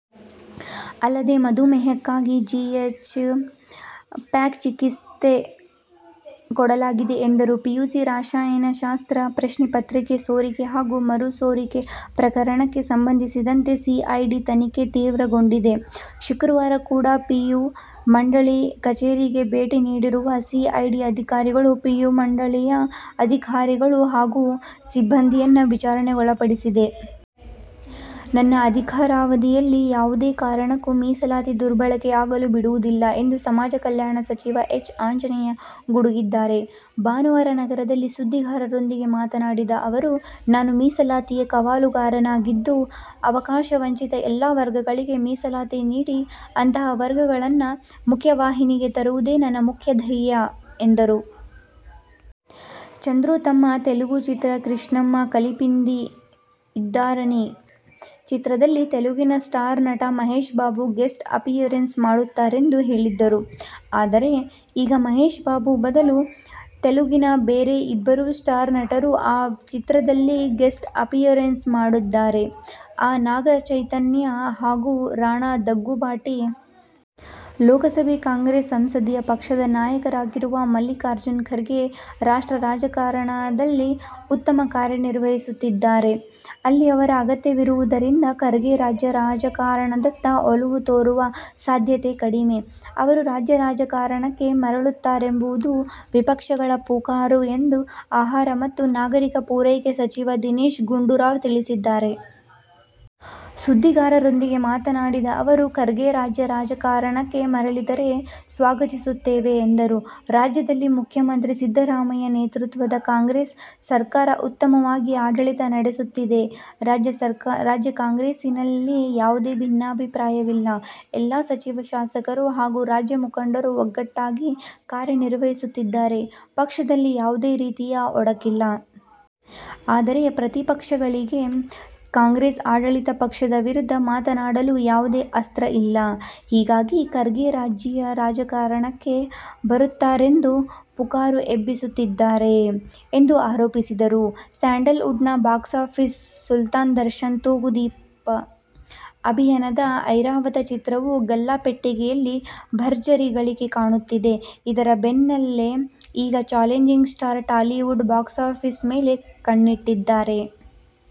ಅಲ್ಲದೇ, ಮಧುಮೇಹಕ್ಕಾಗಿ G. H. Pack ಚಿಕಿತ್ಸೆ ಕೊಡಲಾಗಿದೆ ಎಂದರು. ಪಿಯುಸಿ ರಸಾಯನಶಾಸ್ತ್ರ ಪ್ರಶ್ನೆ ಪತ್ರಿಕೆ ಸೋರಿಕೆ ಹಾಗೂ ಮರು ಸೋರಿಕೆ ಪ್ರಕರಣಕ್ಕೆ ಸಂಬಂಧಿಸಿದಂತೆ ಸಿಐಡಿ ತನಿಖೆ ತೀವ್ರಗೊಂಡಿದೆ. ಶುಕ್ರವಾರ ಕೂಡ ಪಿಯು ಮಂಡಳಿ ಕಚೇರಿಗೆ ಭೇಟಿ ನೀಡಿರುವ ಸಿಐಡಿ ಅಧಿಕಾರಿಗಳು ಪಿಯು ಮಂಡಳಿಯ ಅಧಿಕಾರಿಗಳು ಹಾಗೂ ಸಿಬ್ಬಂದಿಯನ್ನು ವಿಚಾರಣೆಗೊಳಪಡಿಸಿದೆ. ನನ್ನ ಅಧಿಕಾರಾವಧಿಯಲ್ಲಿ ಯಾವುದೇ ಕಾರಣಕ್ಕೂ ಮೀಸಲಾತಿ ದುರ್ಬಳಕೆ ಆಗಲು ಬಿಡುವುದಿಲ್ಲ ಎಂದು ಸಮಾಜಕಲ್ಯಾಣ ಸಚಿವ ಎಚ್. ಆಂಜನೇಯ ಗುಡುಗಿದ್ದಾರೆ. ಭಾನುವಾರ ನಗರದಲ್ಲಿ ಸುದ್ದಿಗಾರರೊಂದಿಗೆ ಮಾತನಾಡಿದ ಅವರು, "ನಾನು ಮೀಸಲಾತಿಯ ಕಾವಲುಗಾರನಾಗಿದ್ದು, ಅವಕಾಶವಂಚಿತ ಎಲ್ಲಾ ವರ್ಗಗಳಿಗೆ ಮೀಸಲಾತಿ ನೀಡಿ ಅಂತಹ ವರ್ಗಗಳನ್ನು ಮುಖ್ಯವಾಹಿನಿಗೆ ತರುವುದೇ ನನ್ನ ಮುಖ್ಯ ಧ್ಯೇಯ' ಎಂದರು. ಚಂದ್ರು ತಮ್ಮ ತೆಲುಗು ಚಿತ್ರ "ಕೃಷ್ಣಮ್ಮ ಕಲಿಪಿಂದಿ ಇದ್ದಾರನಿ' ಚಿತ್ರದಲ್ಲಿ ತೆಲುಗಿನ ಸ್ಟಾರ್ ನಟ ಮಹೇಶ್ ಬಾಬು ಗೆಸ್ಟ್ ಅಪಿಯರೆನ್ಸ್ ಮಾಡುತ್ತಾರೆಂದು ಹೇಳಿದ್ದರು. ಆದರೆ, ಈಗ ಮಹೇಶ್ ಬಾಬು ಬದಲು ತೆಲುಗಿನ ಬೇರೆ ಇಬ್ಬರು ಸ್ಟಾರ್ ನಟರು ಆ ಚಿತ್ರದಲ್ಲಿ ಗೆಸ್ಟ್ ಅಪಿಯರೆನ್ಸ್ ಮಾಡಿದ್ದಾರೆ. ಅದು ನಾಗಚೈತನ್ಯ ಹಾಗೂ ರಾಣಾ ದಗ್ಗುಬಾಟಿ. ಲೋಕಸಭೆ ಕಾಂಗ್ರೆಸ್ ಸಂಸದೀಯ ಪಕ್ಷದ ನಾಯಕರಾಗಿರುವ ಮಲ್ಲಿಕಾರ್ಜುನ ಖರ್ಗೆ ರಾಷ್ಟ್ರ ರಾಜಕಾರಣದಲ್ಲಿ ಉತ್ತಮ ಕಾರ್ಯನಿರ್ವಹಿಸುತ್ತಿದ್ದಾರೆ. ಅಲ್ಲಿ ಅವರ ಅಗತ್ಯವಿರುವುದರಿಂದ ಖರ್ಗೆ ರಾಜ್ಯ ರಾಜಕಾರಣದತ್ತ ಒಲವು ತೋರುವ ಸಾಧ್ಯತೆ ಕಡಿಮೆ. ಅವರು ರಾಜ್ಯ ರಾಜಕಾರಣಕ್ಕೆ ಮರಳುತ್ತಾರೆಂಬುದು ವಿಪಕ್ಷಗಳ ಪುಕಾರು ಎಂದು ಆಹಾರ ಮತ್ತು ನಾಗರಿಕ ಪೂರೈಕೆ ಸಚಿವ ದಿನೇಶ ಗುಂಡೂರಾವ್ ತಿಳಿಸಿದ್ದಾರೆ. ಸುದ್ದಿಗಾರರೊಂದಿಗೆ ಮಾತನಾಡಿದ ಅವರು, ಖರ್ಗೆ ರಾಜ್ಯ ರಾಜಕಾರಣಕ್ಕೆ ಮರಳಿದರೆ ಸ್ವಾಗತಿಸುತ್ತೇವೆ ಎಂದರು. ರಾಜ್ಯದಲ್ಲಿ ಮುಖ್ಯಮಂತ್ರಿ ಸಿದ್ದರಾಮಯ್ಯ ನೇತೃತ್ವದ ಕಾಂಗ್ರೆಸ್ ಸರ್ಕಾರ ಉತ್ತಮವಾಗಿ ಆಡಳಿತ ನಡೆಸುತ್ತಿದೆ. ರಾಜ್ಯ ಕಾಂಗ್ರೆಸ್ಸಿಗರಲ್ಲಿ ಯಾವುದೇ ಭಿನ್ನಾಭಿಪ್ರಾಯವಿಲ್ಲ. ಎಲ್ಲ ಸಚಿವ-ಶಾಸಕರು ಹಾಗೂ ರಾಜ್ಯ ಮುಖಂಡರು ಒಗ್ಗಟ್ಟಾಗಿ ಕಾರ್ಯನಿರ್ವಹಿಸುತ್ತಿದ್ದಾರೆ. ಪಕ್ಷದಲ್ಲಿ ಯಾವುದೇ ರೀತಿಯ ಒಡಕಿಲ್ಲ. ಆದರೆ ಪ್ರತಿಪಕ್ಷಗಳಿಗೆ ಕಾಂಗ್ರೆಸ್ ಆಡಳಿತ ಪಕ್ಷದ ವಿರುದ್ಧ ಮಾತನಾಡಲು ಯಾವುದೇ ಅಸ್ತ್ರ ಇಲ್ಲ. ಹೀಗಾಗಿ ಖರ್ಗೆ ರಾಜ್ಯ ರಾಜಕಾರಣಕ್ಕೆ ಬರುತ್ತಾರೆಂಬ ಪುಕಾರು ಎಬ್ಬಿಸುತ್ತಿದ್ದಾರೆ ಎಂದು ಆರೋಪಿಸಿದರು. ಸ್ಯಾಂಡಲ್ ವುಡ್'ನ ಬಾಕ್ಸಾಫೀಸ್ ಸುಲ್ತಾನ್ ದರ್ಶನ್ ತೂಗುದೀಪ್ ಅಭಿನಯದ ಐರಾವತ ಚಿತ್ರವು ಗಲ್ಲಾಪೆಟ್ಟಿಗೆಯಲ್ಲಿ ಭರ್ಜರಿ ಗಳಿಕೆ ಕಾಣುತ್ತಿದೆ. ಇದರ ಬೆನ್ನಲ್ಲೇ ಈಗ ಚಾಲೆಂಜಿಂಗ್ ಸ್ಟಾರ್ ಟಾಲಿವುಡ್ ಬಾಕ್ಸಾಫೀಸ್ ಮೇಲೆ ಕಣ್ಣಿಟ್ಟಿದ್ದಾರೆ.